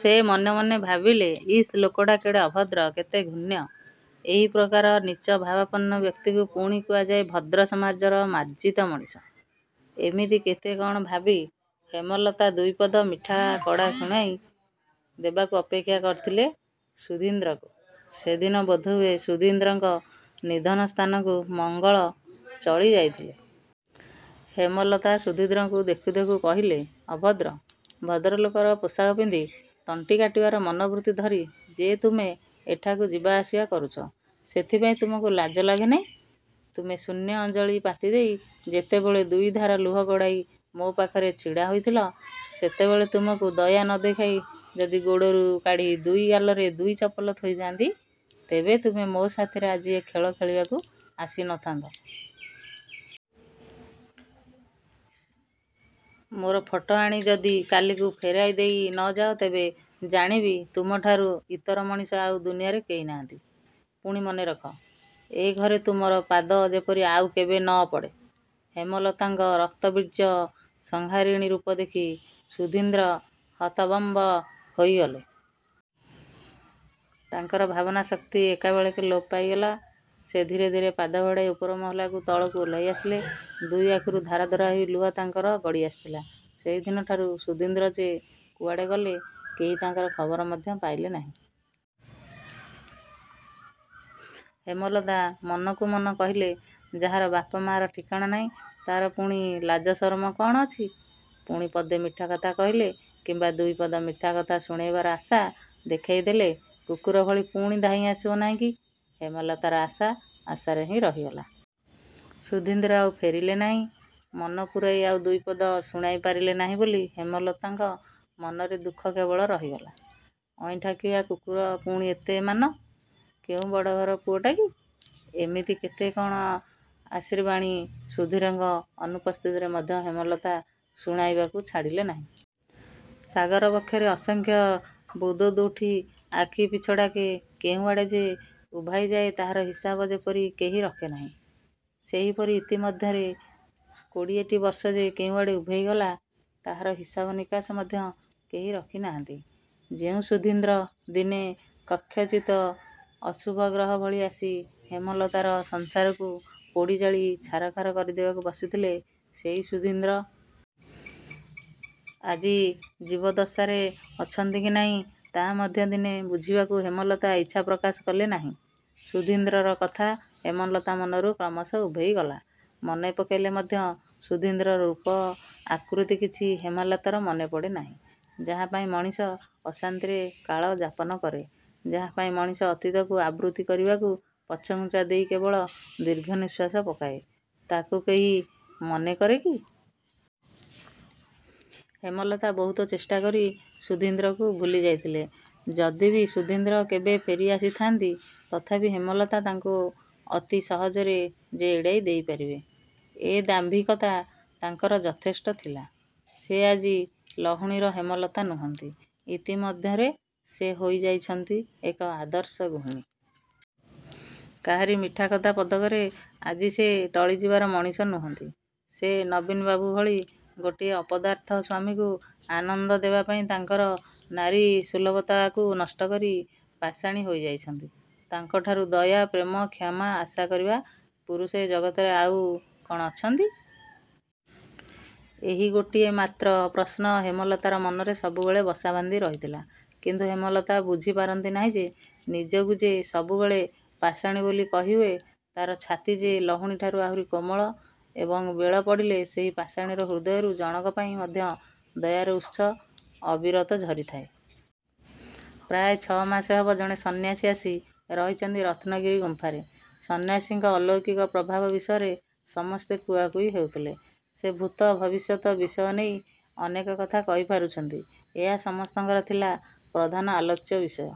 ସେ ମନେମନେ ଭାବିଲେ, ''ଇସ୍ ଲୋକଟା କେଡ଼େ ଅଭଦ୍ର, କେଡ଼େ ଘୃଣ୍ୟ? ଏହିପ୍ରକାର ନୀଚଭାବାପନ୍ନ ବ୍ୟକ୍ତିକୁ ପୁଣି କୁହାଯାଏ ଭଦ୍ର ସମାଜର ମାର୍ଜିତ ମଣିଷ? ଏମିତି କେତେ କ'ଣ ଭାବି ହେମଲତା ଦୁଇପଦ ମିଠାକଡ଼ା ଶୁଣାଇ ଦେବାକୁ ଅପେକ୍ଷା କରିଥିଲେ ସୁଧୀନ୍ଦ୍ରକୁ। '' ସେଦିନ ବୋଧହୁଏ ସୁଧୀନ୍ଦ୍ରଙ୍କ ନିଧନ ସ୍ଥାନକୁ ମଙ୍ଗଳ ଚଳିଯାଇଥିଲେ। ହେମଲତା ସୁଧୀନ୍ଦ୍ରକୁ ଦେଖୁଦେଖୁ କହିଲେ, ''ଅଭଦ୍ର! ଭଦ୍ରଲୋକର ପୋଷାକ ପିନ୍ଧି ତଣ୍ଟି କାଟିବାର ମନୋବୃତ୍ତି ଧରି ଯେ ତୁମେ ଏଠାକୁ ଯିବାଆସିବା କରୁଛ, ସେଥିପାଇଁ ତୁମକୁ ଲାଜ ଲାଗେନାହିଁ। ତୁମେ ଶୂନ୍ୟ ଅଞ୍ଜଳି ପାତିଦେଇ ଯେତେବେଳେ ଦୁଇଧାର ଲୁହ ଗଡ଼ାଇ ମୋ ପାଖରେ ଛିଡ଼ା ହୋଇଥିଲ, ସେତେବେଳେ ତୁମକୁ ଦୟା ନ ଦେଖାଇ ଯଦି ଗୋଡ଼ରୁ କାଢ଼ି ଦୁଇ ଗାଳରେ ଦୁଇ ଚପଲ ଥୋଇଥାନ୍ତି, ତେବେ ତୁମେ ମୋ ସାଥୀରେ ଆଜି ଏ ଖେଳ ଖେଳିବାକୁ ଆସିନଥାନ୍ତ? ମୋର ଫଟୋ ଆଣି ଯଦି କାଲିକୁ ଫେରାଇ ଦେଇ ନ ଯାଅ ତେବେ ଜାଣିବି ତୁମଠାରୁ ଇତର ମଣିଷ ଆଉ ଦୁନିଆରେ କେହି ନାହାନ୍ତି। ପୁଣି ମନେରଖ, ଏ ଘରେ ତୁମର ପାଦ ଯେପରି ଆଉ କେବେ ନ ପଡ଼େ। '' ହେମଲତାଙ୍କ ରକ୍ତବୀର୍ଯ୍ୟ ସଂହାରିଣୀ ରୂପଦେଖି ସୁଧୀନ୍ଦ୍ର ହତବମ୍ବ ହୋଇଗଲେ। ତାଙ୍କର ଭାବନାଶକ୍ତି ଏକାବେଳକେ ଲୋପ ପାଇଗଲା। ସେ ଧୀରେ ଧୀରେ ପାଦ ବଢ଼ାଇ ଉପର ମହଲାରୁ ତଳକୁ ଓହ୍ଲାଇ ଆସିଲେ। ଦୁଇ ଆଖିରୁ ଧାର ଧାର ହୋଇ ଲୁହ ତାଙ୍କର ଗଡ଼ିଆସିଥିଲା। ସେହିଦିନଠାରୁ ସୁଧୀନ୍ଦ୍ର ଯେ କୁଆଡ଼େ ଗଲେ କେହି ତାଙ୍କର ଖବର ମଧ୍ୟ ପାଇଲେ ନାହିଁ। ହେମଲତା ମନକୁ ମନ କହିଲେ, ଯାହାର ବାପ ମାଆର ଠିକଣା ନାହିଁ ତା'ର ପୁଣି ଲାଜସରମ କ'ଣ ଅଛି? ପୁଣି ପଦେ ମିଠାକଥା କହିଲେ କିମ୍ବା ଦୁଇପଦ ମିଠାକଥା ଶୁଣାଇବାର ଆଶା ଦେଖାଇଦେଲେ କୁକୁରଭଳି ପୁଣି ଧାଇଁ ଆସିବ ନାହିଁକି? ହେମଲତାର ଆଶା ଆଶାରେ ହିଁ ରହିଗଲା। ସୁଧୀନ୍ଦ୍ର ଆଉ ଫେରିଲେ ନାହିଁ। ମନ ପୂରାଇ ଆଉ ଦୁଇପଦ ଶୁଣାଇ ପାରିଲେ ନାହିଁ ବୋଲି ହେମଲତାଙ୍କ ମନରେ ଦୁଃଖ କେବଳ ରହିଗଲା। ଅଇଁଠାଖିଆ କୁକୁରର ପୁଣି ଏତେ ମାନ? କେଉଁ ବଡ଼ଘର ପୁଅଟା କି? ଏମିତି କେତେ କ'ଣ ଆଶୀର୍ବାଣୀ ସୁଧୀନ୍ଦ୍ରଙ୍କ ଅନୁପସ୍ଥିତିରେ ମଧ୍ୟ ହେମଲତା ଶୁଣାଇବାକୁ ଛାଡ଼ିଲେ ନାହିଁ। ସାଗର ବକ୍ଷରେ ଅସଂଖ୍ୟ ବୁଦ୍ବୁଦ୍ ଉଠି ଆଖିପିଛଡ଼ାକେ କେଉଁଆଡ଼େ ଯେ ଉଭାଇଯାଏ ତାହାର ହିସାବ ଯେପରି କେହି ରଖେ ନାହିଁ, ସେହିପରି ଇତିମଧ୍ୟରେ କୋଡ଼ିଏଟି ବର୍ଷ ଯେ କେଉଁଆଡ଼େ ଉଭେଇଗଲା, ତାହାର ହିସାବ ନିକାଶ ମଧ୍ୟ କେହି ରଖିନାହାନ୍ତି। ଯେଉଁ ସୁଧୀନ୍ଦ୍ର ଦିନେ କକ୍ଷଚ୍ୟୁତ ଅଶୁଭଗ୍ରହ ଭଳି ଆସି ହେମଲତାର ସଂସାରକୁ ପୋଡ଼ିଜାଳି ଛାରଖାର କରିଦେବାକୁ ବସିଥିଲେ, ସେହି ସୁଧୀନ୍ଦ୍ର। ଆଜି ଜୀବଦ୍ଦଶାରେ ଅଛନ୍ତି କି ନାହିଁ, ତାହା ମଧ୍ୟ ଦିନେ ବୁଝିବାକୁ ହେମଲତା ଇଚ୍ଛା ପ୍ରକାଶ କଲେ ନାହିଁ। ସୁଧୀନ୍ଦ୍ରର କଥା ହେମଲତାର ମନରୁ କ୍ରମଶଃ ଉଭେଇଗଲା। ମନେପକାଇଲେ ମଧ୍ୟ ସୁଧୀନ୍ଦ୍ରର ରୂପ, ଆକୃତି କିଛି ହେମଲତାର ମନେପଡ଼େ ନାହିଁ। ଯାହାପାଇଁ ମଣିଷ ଅଶାନ୍ତିରେ କାଳ ଯାପନ କରେ, ଯାହାପାଇଁ ମଣିଷ ଅତୀତକୁ ଆବୃତ୍ତି କରିବାକୁ ପଛଘୁଞ୍ଚା ଦେଇ କେବଳ ଦୀର୍ଘନିଶ୍ୱାସ ପକାଏ, ତାକୁ କେହି ମନେକରେ କି? ହେମଲତା ବହୁତ ଚେଷ୍ଟାକରି ସୁଧୀନ୍ଦ୍ରକୁ ଭୁଲିଯାଇଥିଲେ। ଯଦି ବି ସୁଧୀନ୍ଦ୍ର କେବେ ଫେରିଆସନ୍ତି, ତଥାପି ହେମଲତା ତାଙ୍କୁ ଅତି ସହଜରେ ଯେ ଏଡ଼ିଦେଇ ପାରିବେ, ଏ ଦାମ୍ଭିକତା ତାଙ୍କର ଯଥେଷ୍ଟ ଥିଲା। ସେ ଆଜି ଲହୁଣୀର ହେମଲତା ନୁହଁନ୍ତି। ଇତିମଧ୍ୟରେ ସେ ହୋଇଯାଇଛନ୍ତି ଏକ ଆଦର୍ଶ ଗୃହିଣୀ। କାହାରି ମିଠାକଥା ପଦକରେ ଆଜି ସେ ଟଳିଯିବାର ମଣିଷ ନୁହଁନ୍ତି। ସେ ନବୀନବାବୁ ଭଳି ଗୋଟାଏ ଅପଦାର୍ଥ ସ୍ୱାମୀକୁ ଆନନ୍ଦ ଦେବାପାଇଁ ତାଙ୍କର ନାରୀସୁଲଭତାକୁ ନଷ୍ଟକରି ପାଷାଣୀ ହୋଇଯାଇଛନ୍ତି। ତାଙ୍କଠାରୁ ଦୟା, ପ୍ରେମ, କ୍ଷମା ଆଶା କରିବା ପୁରୁଷ ଏ ଜଗତରେ କ'ଣ ଆଉ ଅଛନ୍ତି? ଏହି ଗୋଟିଏ ମାତ୍ର ପ୍ରଶ୍ନ ହେମଲତାର ମନରେ ସବୁବେଳେ ବସାବାନ୍ଧି ରହିଥିଲା। କିନ୍ତୁ ହେମଲତା ବୁଝିପାରନ୍ତି ନାହିଁ ଯେ, ନିଜକୁ ଯେ ସବୁବେଳେ ପାଷାଣୀ ବୋଲି କହିହୁଏ, ତାହାର ଛାତି ଯେ ଲହୁଣୀଠାରୁ ଆହୁରି କୋମଳ ଏବଂ ବେଳ ପଡ଼ିଲେ ସେହି ପାଷାଣୀର ହୃଦୟରୁ ଜଣକ ପାଇଁ ମଧ୍ୟ ଦୟାର ଉତ୍ସ ଅବିରତ ଝରିଥାଏ। ପ୍ରାୟ ଛଅ ମାସ ହେବ ଜଣେ ସନ୍ୟାସୀ ଆସି ରହିଛନ୍ତି ରତ୍ନଗିରି ଗୁମ୍ପାରେ। ସନ୍ୟାସୀଙ୍କ ଅଲୌକିକ ପ୍ରଭାବ ବିଷୟରେ ସମସ୍ତେ କୁହାକୁହି ହେଉଥିଲେ। ସେ ଭୂତ, ଭବିଷ୍ୟତ ବିଷୟନେଇ ଅନେକ କଥା କହିପାରୁଛନ୍ତି ଏହା ସମସ୍ତଙ୍କର ଥିଲା ପ୍ରଧାନ ଆଲୋଚ୍ୟ ବିଷୟ।